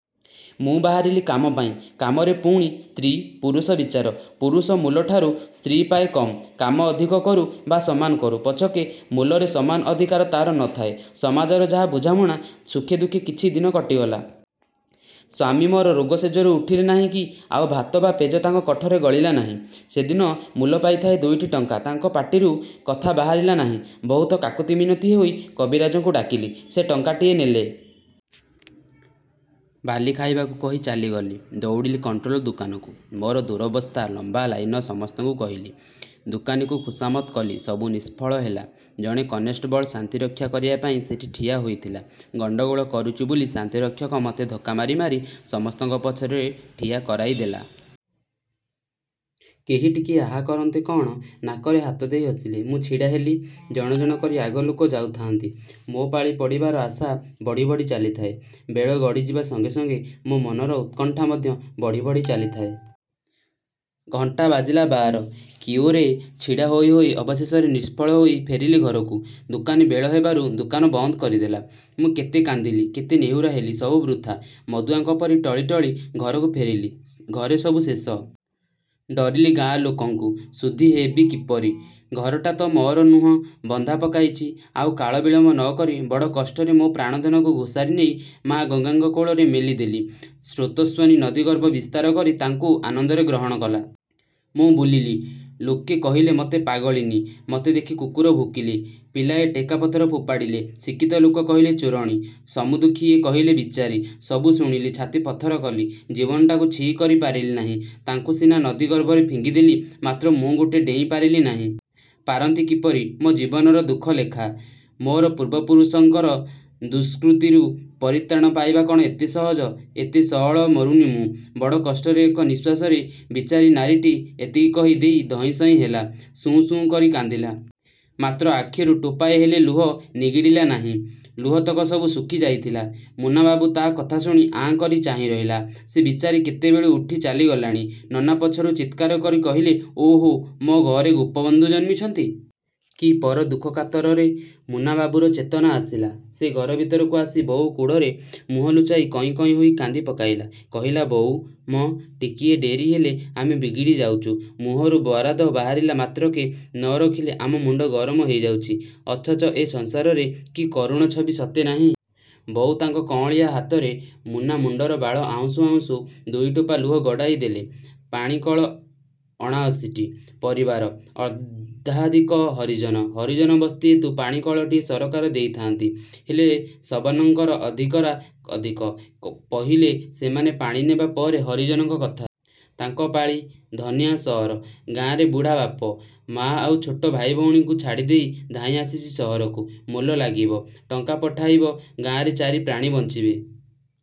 ମୁଁ ବାହାରିଲି କାମ ପାଇଁ। କାମରେ ପୁଣୀ 'ସ୍ତ୍ରୀ' 'ପୁରୁଷ' ବିଚାର-। ପୁରୁଷ ମୂଲଠାରୁ ସ୍ତ୍ରୀ ପାଏ କମ୍। କାମ ଅଧିକ କରୁ ବା ସମାନ କରୁ ପଛକେ ମୂଲରେ ସମାନ ଅଧିକାର ତାର ନ ଥାଏ। ସମାଜର ଯାହା ବୁଝାମଣା! ସୁଖେ ଦୁଃଖେ କିଛି ଦିନ କଟିଗଲା। ସ୍ୱାମୀ ମୋର ରୋଗ ଶେଯରୁ ଉଠିଲେ ନାହିଁ କି ଆଉ ଭାତ ବା ପେଜ ତାଙ୍କ କଣ୍ଠରେ ଗଳିଲା ନାହିଁ। ସେଦିନ ମୂଲ ପାଇଥାଏ ଦୁଇଟି ଟଙ୍କା। ତାଙ୍କ ପାଟିରୁ କଥା ବାହାରିଲା ନାହିଁ। ବହୁତ କାକୁତି ମିନତି ହୋଇ କବିରାଜଙ୍କୁ ଡ଼ାକିଲି। ସେ ଟଙ୍କାଟିଏ ନେଲେ। ବାଲି ଖାଇବାକୁ କହି ଚାଲିଗଲେ। ଦଉଡ଼ିଲି କଣ୍ଟ୍ରୋଲ ଦୋକାନକୁ। ମୋର ଦୂରବସ୍ଥା ଲମ୍ବା ଲାଇନର ସମସ୍ତଙ୍କୁ କହିଲି। ଦୋକାନୀକୁ ଖୁସାମତ୍ କଲି। ସବୁ ନିସ୍ଫଳ ହେଲା। ଜଣେ କନେଷ୍ଟବଳ ଶାନ୍ତି ରକ୍ଷା କରିବା ପାଇଁ ସେଠି ଠିଆ ହୋଇଥିଲା। ଗଣ୍ତଗୋଳ କରୁଚି ବୋଲି ଶାନ୍ତିରକ୍ଷକ ମତେ ଧକ୍କା ମାରି ମାରି ସମସ୍ତଙ୍କ ପଛରେ ଠିଆ କରାଇଦେଲା। କେହି ଟିକିଏ 'ଆହା' କରନ୍ତେ କଅଣ ନାକରେ ହାତଦେଇ ହସିଲେ। ମୁଁ ଛିଡ଼ା ହେଲି, ଜଣ ଜଣ କରି ଆଗ ଲୋକ ଯାଉ ଥାଆନ୍ତି। ମୋ ପାଳି ପଡ଼ିବାର ଆଶା ବଢ଼ି ବଢ଼ି ଚାଲିଥାଏ। ବେଳ ଗଡ଼ିଯିବା ସଙ୍ଗେ ସଙ୍ଗେ ମୋ ମନରେ ଉତ୍କଣ୍ଠା ମଧ୍ୟ ବଢ଼ି ବଢ଼ି ଚାଲିଥାଏ। ଘଣ୍ଟା ବାଜିଲା ବାର। କିଉରେ ଛିଡ଼ା ହୋଇ ହୋଇ ଅବଶେଷରେ ନିଷ୍ଫଳ ହୋଇ ଫେରିଲି ଘରକୁ। ଦୋକାନୀ ବେଳ ହେବାରୁ ଦୋକାନ ବନ୍ଦ କରିଦେଲା। ମୁଁ କେତେ କାନ୍ଦିଲି, କେତେ ନେହୁରା ହେଲି। ସବୁ ବୃଥା। ମଦୁଆଙ୍କ ପରି ଟଳି ଟଳି ଘରକୁ ଫେରିଲି। ଘରେ ସବୁ ଶେଷ। ଡରିଲି ଗାଁ ଲୋକଙ୍କୁ-। ଶୁଦ୍ଧି ହେବି କିପରି? ଘରଟା ତ ମୋର ନୁହଁ। ବନ୍ଧା ପକାଇଚି। ଆଉ କାଳ ବିଳମ୍ବ ନ କରି ବଡ଼ କଷ୍ଟରେ ମୋ ପ୍ରାଣ ଧନକୁ ଘୋସାରି ନେଇ ମା ଗଙ୍ଗାଙ୍କ କୋଳରେ ମେଲି ଦେଲି। ସ୍ରୋତସ୍ୱନୀ ନଦୀ ଗର୍ଭ ବିସ୍ତାର କରି ତାଙ୍କୁ ଆନନ୍ଦରେ ଗ୍ରହଣ କଲା। ମୁଁ ବୁଲିଲି। ଲୋକେ କହିଲେ ମତେ ପାଗଳିନୀ। ମତେ ଦେଖି କୁକୁର ଭୁକିଲେ। ପିଲାଏ ଟେକା ପଥର ଫୋପାଡ଼ିଲେ। ଶିକ୍ଷିତ ଲୋକେ କହିଲେ ଚୋରଣୀ। ସମଦୁଖୀଏ କହିଲେ 'ବିଚାରୀ'। ସବୁ ଶୁଣିଲି। ଛାତି ପଥର କଲି। ଜୀବନଟାକୁ ଛି କରି ପାରିଲି ନାହିଁ। ତାଙ୍କୁ ସିନା ନଦୀ ଗର୍ଭରେ ଫିଙ୍ଗିଦେଲି ମାତ୍ର ମୁଁ ମୋଟେ ଡେଇଁ ପାରିଲି ନାହିଁ। ପାରନ୍ତି କିପରି? ମୋ ଜୀବନରେ ଦୁଃଖ ଲେଖା। ମୋର ପୂର୍ବପୁରୁଷଙ୍କର ଦୁଷ୍କୃତିରୁ ପରିତ୍ରାଣ ପାଇବା କ'ଣ ଏତେ ସହଜ-? ଏତେ ସଅଳ ମରୁନି ମୁଁ। ବଡ଼ କଷ୍ଟରେ ଏକ ନିଶ୍ୱାସରେ ବିଚାରୀ ନାରୀଟି ଏତିକି କହି ଦେଇ ଧଇଁସଇଁ ହେଲା। ସୁଁ ସୁଁ କରି କାନ୍ଦିଲା। ମାତ୍ର ଆଖିରୁ ଟୋପାଏ ହେଲେ ଲୁହ ନିଗିଡ଼ିଲା ନାହିଁ। ଲୁହତକ ସବୁ ଶୁଖି ଯାଇଥିଲା। ମୁନାବାବୁ ତା କଥା ଶୁଣି ଆଁ କରି ଚାହିଁ ରହିଲା। ସେ ବିଚାରୀ କେତେବେଳୁ ଉଠି ଚାଲିଗଲାଣି। ନନା ପଛରୁ ଚିତ୍କାର କରି କହିଲେ—ଓହୋ, ମୋ ଘରେ ଗୋପବନ୍ଧୁ ଜନ୍ମିଚନ୍ତି। କି ପର ଦୁଃଖକାତର ରେ! ମୁନାବାବୁର ଚେତନା ଆସିଲା। ସେ ଘର ଭିତରକୁ ଆସି ବୋଉ କୋଡ଼ରେ ମୁହଁ ଲୁଚାଇ କଇଁ କଇଁ ହୋଇ କାନ୍ଦିପକାଇଲା। କହିଲା—ବୋଉ ମ! ଟିକିଏ ଡେରି ହେଲେ ଆମେ ବିଗିଡ଼ି ଯାଉଚୁ। ମୁହଁରୁ ବରାଦ ବାହାରିଲା ମାତ୍ରକେ ନ ରଖିଲେ ଆମ ମୁଣ୍ତ ଗରମ ହେଇଯାଉଚି; ଅଥଚ ଏ ସଂସାରରେ କି କରୁଣ ଛବି ସତେ ନାହିଁ! ବୋଉ ତାଙ୍କ କଅଁଳିଆ ହାତରେ ମୁନା ମୁଣ୍ତର ବାଳ ଆଉଁସୁ ଆଉଁସୁ ଦୁଇ ଟୋପା ଲୁହ ଗଡ଼ାଇଦେଲେ। ପାଣିକଳ ଅଣାଅଶିଟି। ପରିବାର। ଅର୍ଦ୍ଧାଧିକ ହରିଜନ। ହରିଜନ ବସ୍ତି ହେତୁ ପାଣି କଳଟିଏ ସରକାର ଦେଇଥାଆନ୍ତି। ହେଲେ ସବର୍ଣ୍ଣଙ୍କର ଅଧିକରା ଅଧିକ। ପହିଲେ ସେମାନେ ପାଣି ନେବା ପରେ ହରିଜନଙ୍କ କଥା। ତାଙ୍କ ପାଳି। ଧନିଆ ସଅର। ଗାଁରେ ବୁଢ଼ା ବାପ, ମା ଆଉ ଛୋଟ ଭାଇ ଭଉଣୀଙ୍କୁ ଛାଡ଼ିଦେଇ ଧାଇଁ ଆସିଚି ସହରକୁ। ମୂଲ ଲାଗିବ। ଟଙ୍କା ପଠାଇବ। ଗାଁରେ ଚାରି ପ୍ରାଣୀ ବଞ୍ଚିବେ।